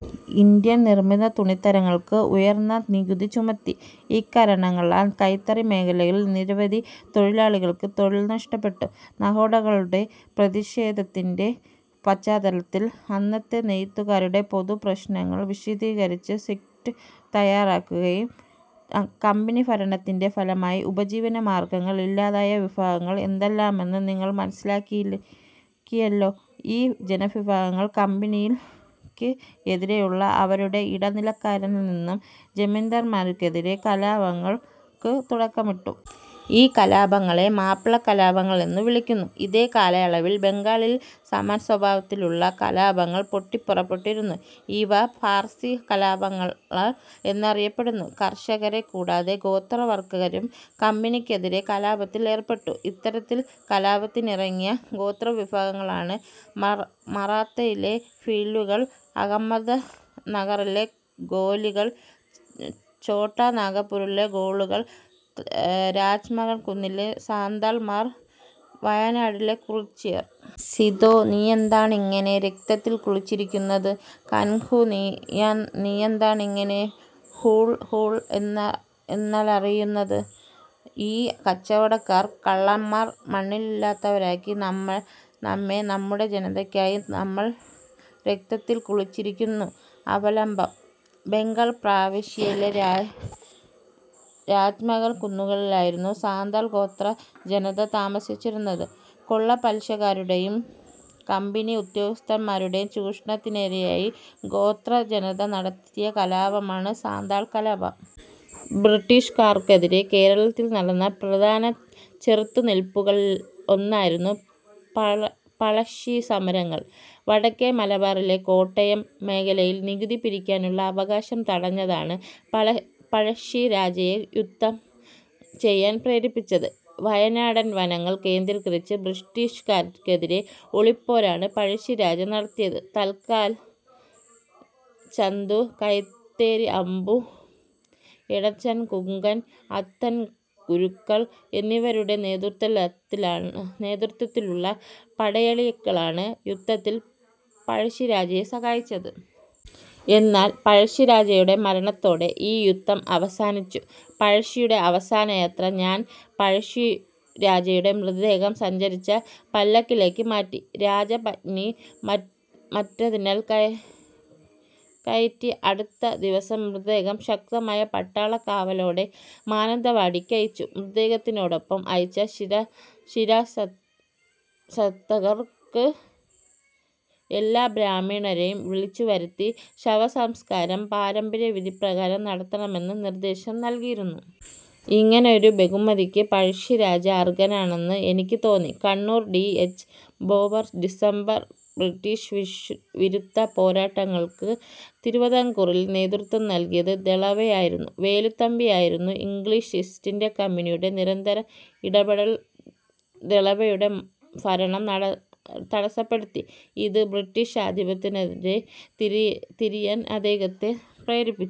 Indian നിർമ്മിത തുണിത്തരങ്ങൾക്ക് ഉയർന്ന നികുതി ചുമത്തി. ഇക്കാരണങ്ങളാൽ കൈത്തറി മേഖലയിൽ നിരവധി തൊഴിലാളികൾക്ക് തൊഴിൽ നഷ്ടപ്പെട്ടു. നഗോഡകളുടെ പ്രതിഷേധത്തിന്റെ പശ്ചാത്തലത്തിൽ അന്നത്തെ നെയ്ത്തുകാരുടെ പൊതുപ്രശ്നങ്ങൾ വിശദീകരിക്കുന്ന സ്കിറ്റ് തയ്യാറാക്കുക. കമ്പനിഭരണത്തിന്റെ ഫലമായി ഉപജീവനമാർഗ്ഗങ്ങൾ ഇല്ലാതായ വിഭാഗങ്ങൾ ഏതെല്ലാമെന്ന് നിങ്ങൾ മനസ്സിലാക്കിയല്ലോ. ഈ ജനവിഭാഗങ്ങൾ കമ്പനിക്ക് എതിരെയും അവരുടെ ഇടനിലക്കാരായിനിന്ന ജമീന്ദാർമാർക്കെതിരെയും കലാപങ്ങൾക്ക് തുടക്കമിട്ടു. ഈ കലാപങ്ങളെ മാപ്പിളകലാപങ്ങൾ എന്നു വിളിക്കുന്നു. ഇതേ കാലയളവിൽ ബംഗാളിൽ സമാനസ്വഭാവത്തിലുള്ള കലാപങ്ങൾ പൊട്ടിപ്പുറപ്പെട്ടിരുന്നു. ഇവ ഫറാസി കലാപങ്ങൾ എന്നാണറിയപ്പെടുന്നത്. കർഷകരെ കൂടാതെ ഗോത്രവർഗ്ഗക്കാരും കമ്പനിക്കെതിരെ കലാപത്തിലേർപ്പെട്ടു. ഇത്തരത്തിൽ കലാപത്തിനിറങ്ങിയ ഗോത്രവിഭാഗങ്ങളാണ്. മറാത്തയിലെ ഭീലുകൾ, അഹമ്മദ്നഗറിലെ കോലികൾ, ഛോട്ടാനാഗ്പൂരിലെ കോളുകൾ, രാജ്മഹൽകുന്നിലെ സാന്താൾ മാർ, വയനാട്ടിലെ കുറിച്യർ. സിദോ, നീയെന്താണിങ്ങനെ രക്തത്തിൽക്കുളിച്ചിരിക്കുന്നത്? കാൻഹു, നീയെന്താണിങ്ങനെ ഹൂൾ ഹൂൾ എന്നലറുന്നത്? ഈ കച്ചവടക്കാർ, കള്ളന്മാർ മണ്ണില്ലാത്തവരാക്കി നമ്മെ. നമ്മുടെ ജനതയ്ക്കായി നമ്മൾ രക്തത്തിൽക്കുളിച്ചിരിക്കുന്നു. അവലംബം: ബംഗാൾ പ്രവിശ്യയിലെ രാജ്മഹൽ കുന്നുകളിലായിരുന്നു സാന്താൾ ഗോത്രജനത താമസിച്ചിരുന്നത്. കൊള്ളപ്പലിശക്കാരുടെയും കമ്പനി ഉദ്യോഗസ്ഥൻമാരുടെയും ചൂഷണത്തിനിരയായ ഗോത്രജനത നടത്തിയ കലാപമാണ് സാന്താൾ കലാപം. ബ്രിട്ടീഷുകാർക്കെതിരെ കേരളത്തിൽ നടന്ന പ്രധാന ചെറുത്തുനിൽപ്പുകളിൽ ഒന്നായിരുന്നു പഴശ്ശി സമരങ്ങൾ. വടക്കെ മലബാറിലെ കോട്ടയം മേഖലയിൽ നികുതി പിരിക്കാനുള്ള അവകാശം തടഞ്ഞതാണ് പഴശ്ശിരാജയെ യുദ്ധം ചെയ്യാൻ പ്രേരിപ്പിച്ചത്. വയനാടൻ വനങ്ങൾ കേന്ദ്രീകരിച്ച് ബ്രിട്ടീഷുകാർക്കെതിരെ ഒളിപ്പോരാണ് പഴശ്ശിരാജ നടത്തിയത്. തലയ്ക്കൽ ചന്തു, കൈതേരി അമ്പു, എടച്ചന കുങ്കൻ, അത്തൻ ഗുരുക്കൾ എന്നിവരുടെ നേതൃത്വത്തിലുള്ള പടയാളികളാണ് യുദ്ധത്തിൽ പഴശ്ശിരാജയെ സഹായിച്ചത്. എന്നാൽ പഴശ്ശിരാജയുടെ മരണത്തോടെ ഈ യുദ്ധം അവസാനിച്ചു. പഴശ്ശിയുടെ അവസാനയാത്ര... ഞാൻ പഴശ്ശിരാജയുടെ മൃത ദേഹം സഞ്ചരിച്ച പല്ലക്കിലേക്കു മാറ്റി. രാജ പത്നിയെ മറ്റൊന്നിൽ കയറ്റി. അടുത്ത ദിവസം മൃതദേഹം ശക്തമായ പട്ടാളക്കാവലോടെ മാനന്തവാടിക്കയച്ചു. മൃതശരീരത്തോടൊപ്പം അയച്ച ശിരസ്തദാർക്ക് എല്ലാ ബ്രാഹ്മണ രെയും വിളിച്ചു വരുത്തി ശവസംസ്കാരം പാരമ്പര്യവിധിപ്രകാരം നടത്തണമെന്ന് നിർദേശം നൽകിയിരുന്നു. ഇങ്ങനെയൊരു ബഹുമതിക്ക് പഴശ്ശിരാജ അർഹനാണെന്ന് എനിക്ക് തോന്നി... Kannur, T. H. Baber December. British വിരുദ്ധ പോരാട്ടങ്ങൾക്ക് തിരുവിതാംകൂറിൽ നേതൃത്വം നൽകിയത് ദളവയായിരുന്ന വേലുത്തമ്പി ആയിരുന്നു. ഇംഗ്ലീഷ് ഈസ്റ്റിന്ത്യാകമ്പനിയുടെ നിരന്തര ഇടപെടൽ ദളവയുടെ ഭരണം തടസ്സപ്പെടുത്തി. ഇത് ബ്രിട്ടീഷ് ആധിപത്യത്തിനെതിരെ തിരിയാൻ അദ്ദേഹത്തെ പ്രേരിപ്പിച്ചു.